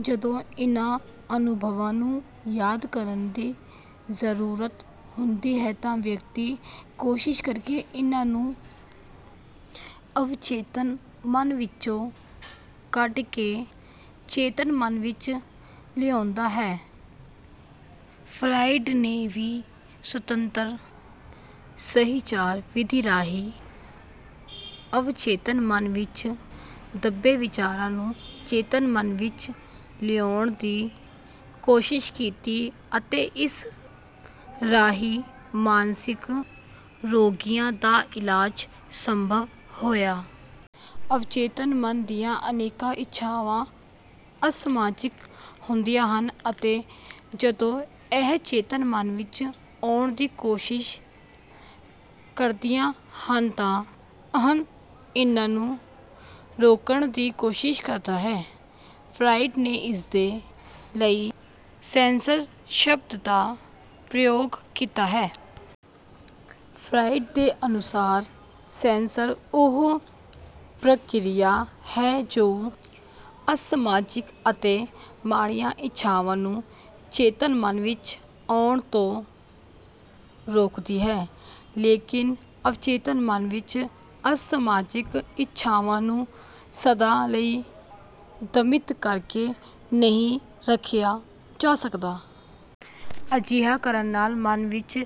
ਜਦੋਂ ਇਨ੍ਹਾਂ ਅਨੁਭਵਾਂ ਨੂੰ ਯਾਦ ਕਰਨ ਦੀ ਜ਼ਰੂਰਤ ਹੁੰਦੀ ਹੈ ਤਾਂ ਵਿਅਕਤੀ ਕੋਸ਼ਿਸ਼ ਕਰਕੇ ਇਨ੍ਹਾਂ ਨੂੰ ਅਵਚੇਤਨ ਮਨ ਵਿੱਚੋਂ ਕੱਢ ਕੇ ਚੇਤਨ ਮਨ ਵਿੱਚ ਲਿਆਉਂਦਾ ਹੈ। ਫਰਾਇਡ ਨੇ ਵੀ ਸੁਤੰਤਰ-ਸਹਿਚਾਰ ਵਿਧੀ ਰਾਹੀਂ ਅਵਚੇਤਨ ਮਨ ਵਿੱਚ ਦੱਬੇ ਵਿਚਾਰਾਂ ਨੂੰ ਚੇਤਨ ਮਨ ਵਿੱਚ ਲਿਆਉਣ ਦੀ ਕੋਸ਼ਿਸ਼ ਕੀਤੀ ਅਤੇ ਇਸ ਰਾਹੀਂ ਮਾਨਸਿਕ ਰੋਗੀਆਂ ਦਾ ਇਲਾਜ ਸੰਭਵ ਹੋਇਆ। ਅਵਚੇਤਨ ਮਨ ਦੀਆਂ ਅਨੇਕਾਂ ਇੱਛਾਵਾਂ ਅਸਮਾਜਿਕ ਹੁੰਦੀਆਂ ਹਨ ਅਤੇ ਜਦੋਂ ਇਹ ਚੇਤਨ ਮਨ ਵਿੱਚ ਆਉਣ ਦੀ ਕੋਸ਼ਿਸ਼ ਕਰਦੀਆਂ ਹਨ ਤਾਂ 'ਅਹੰ' ਇਨ੍ਹਾਂ ਨੂੰ ਰੋਕਣ ਦੀ ਕੋਸ਼ਿਸ਼ ਕਰਦਾ ਹੈ। ਫਰਾਇਡ ਨੇ ਇਸਦੇ ਲਈ 'ਸੈਂਸਰ' ਸ਼ਬਦ ਦਾ ਪ੍ਰਯੋਗ ਕੀਤਾ ਹੈ। ਫਰਾਇਡ ਦੇ ਅਨੁਸਾਰ, "ਸੈਂਸਰ ਉਹ ਪ੍ਰਕਿਰਿਆ ਹੈ ਜੋ ਅਸਮਾਜਿਕ ਅਤੇ ਮਾੜੀਆਂ ਇੱਛਾਵਾਂ ਨੂੰ ਚੇਤਨ ਮਨ ਵਿੱਚ ਆਉਣ ਤੋਂ ਰੋਕਦੀ ਹੈ।" ਲੇਕਿਨ ਅਚੇਤਨ ਮਨ ਵਿੱਚ ਅਸਮਾਜਿਕ ਇੱਛਾਵਾਂ ਨੂੰ ਸਦਾ ਲਈ ਦਮਿਤ ਕਰਕੇ ਨਹੀਂ ਰੱਖਿਆ ਜਾ ਸਕਦਾ। ਅਜਿਹਾ ਕਰਨ ਨਾਲ ਮਨ ਵਿੱਚ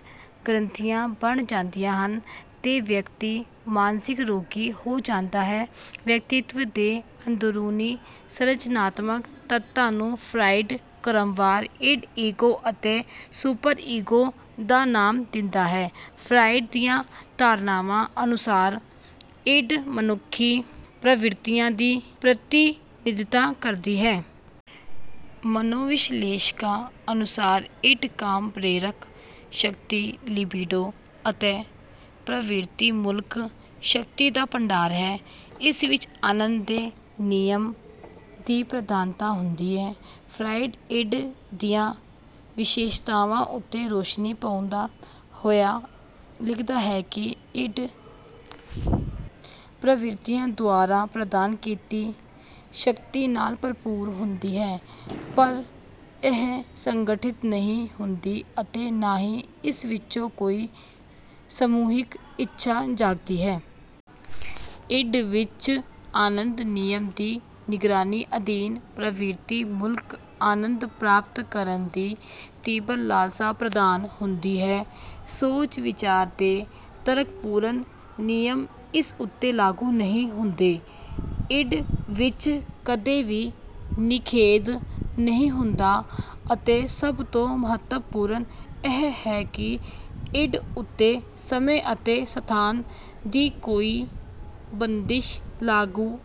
ਗ੍ਰੰਥੀਆਂ ਬਣ ਜਾਂਦੀਆਂ ਹਨ ਤੇ ਵਿਅਕਤੀ ਮਾਨਸਿਕ ਰੋਗੀ ਹੋ ਜਾਂਦਾ ਹੈ। ਵਿਅਕਤਿਤ੍ਵ ਦੇ ਅੰਦਰੂਨੀ ਸੰਰਚਨਾਤਮਕ ਤੱਤਾਂ ਨੂੰ ਫਰਾਇਡ ਕ੍ਰਮਵਾਰ 'ਇਡ', 'ਈਗੋ' ਅਤੇ 'ਸੁਪਰ-ਈਗੋ' ਦਾ ਨਾਮ ਦਿੰਦਾ ਹੈ। ਫਰਾਇਡ ਦੀਆਂ ਧਾਰਨਾਵਾਂ ਅਨੁਸਾਰ 'ਇਡ' ਮਨੁੱਖੀ ਪ੍ਰਵਿਰਤੀਆਂ ਦੀ ਪ੍ਰਤੀਨਿਧਤਾ ਕਰਦੀ ਹੈ। ਮਨੋਵਿਸ਼ਲੇਸ਼ਕਾਂ ਅਨੁਸਾਰ 'ਇਡ' ਕਾਮ-ਪ੍ਰੇਰਕ ਸ਼ਕਤੀ 'ਲਿਬਿਡੋ' ਅਤੇ ਪ੍ਰਵਿਰਤੀ-ਮੂਲਕ ਸ਼ਕਤੀ ਦਾ ਭੰਡਾਰ ਹੈ। ਇਸ ਵਿੱਚ ਆਨੰਦ ਦੇ ਨਿਯਮ ਦੀ ਪ੍ਰਧਾਨਤਾ ਹੁੰਦੀ ਹੈ। ਫਰਾਇਡ 'ਇਡ' ਦੀਆਂ ਵਿਸ਼ੇਸ਼ਤਾਵਾਂ ਉੱਤੇ ਰੋਸ਼ਨੀ ਪਾਉਂਦਾ ਹੋਇਆ ਲਿਖਦਾ ਹੈ ਕਿ 'ਇਡ' ਪ੍ਰਵਿਰਤੀਆਂ ਦੁਆਰਾ ਪ੍ਰਦਾਨ ਕੀਤੀ ਸ਼ਕਤੀ ਨਾਲ ਭਰਪੂਰ ਹੁੰਦੀ ਹੈ ਪਰ ਇਹ ਸੰਗਠਿਤ ਨਹੀਂ ਹੁੰਦੀ ਅਤੇ ਨਾ ਹੀ ਇਸ ਵਿੱਚੋਂ ਕੋਈ ਸਮੂਹਿਕ ਇੱਛਾ ਜਾਗਦੀ ਹੈ। 'ਇਡ' ਵਿੱਚ ਆਨੰਦ-ਨਿਯਮ ਦੀ ਨਿਗਰਾਨੀ ਅਧੀਨ ਪ੍ਰਵਿਰਤੀ-ਮੂਲਕ ਆਨੰਦ ਪ੍ਰਾਪਤ ਕਰਨ ਦੀ ਤੀਬਰ ਲਾਲਸਾ ਪ੍ਰਧਾਨ ਹੁੰਦੀ ਹੈ। ਸੋਚ-ਵਿਚਾਰ ਦੇ ਤਰਕਪੂਰਨ ਨਿਯਮ ਇਸ ਉੱਤੇ ਲਾਗੂ ਨਹੀਂ ਹੁੰਦੇ। 'ਇਡ' ਵਿੱਚ ਕਦੇ ਵੀ ਨਿਖੇਧ ਨਹੀਂ ਹੁੰਦਾ ਅਤੇ ਸਭ ਤੋਂ ਮਹੱਤਵਪੂਰਨ ਇਹ ਹੈ ਕਿ 'ਇਡ' ਉੱਤੇ ਸਮੇਂ ਅਤੇ ਸਥਾਨ ਦੀ ਕੋਈ ਬੰਦਿਸ਼ ਲਾਗੂ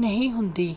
ਨਹੀਂ ਹੁੰਦੀ।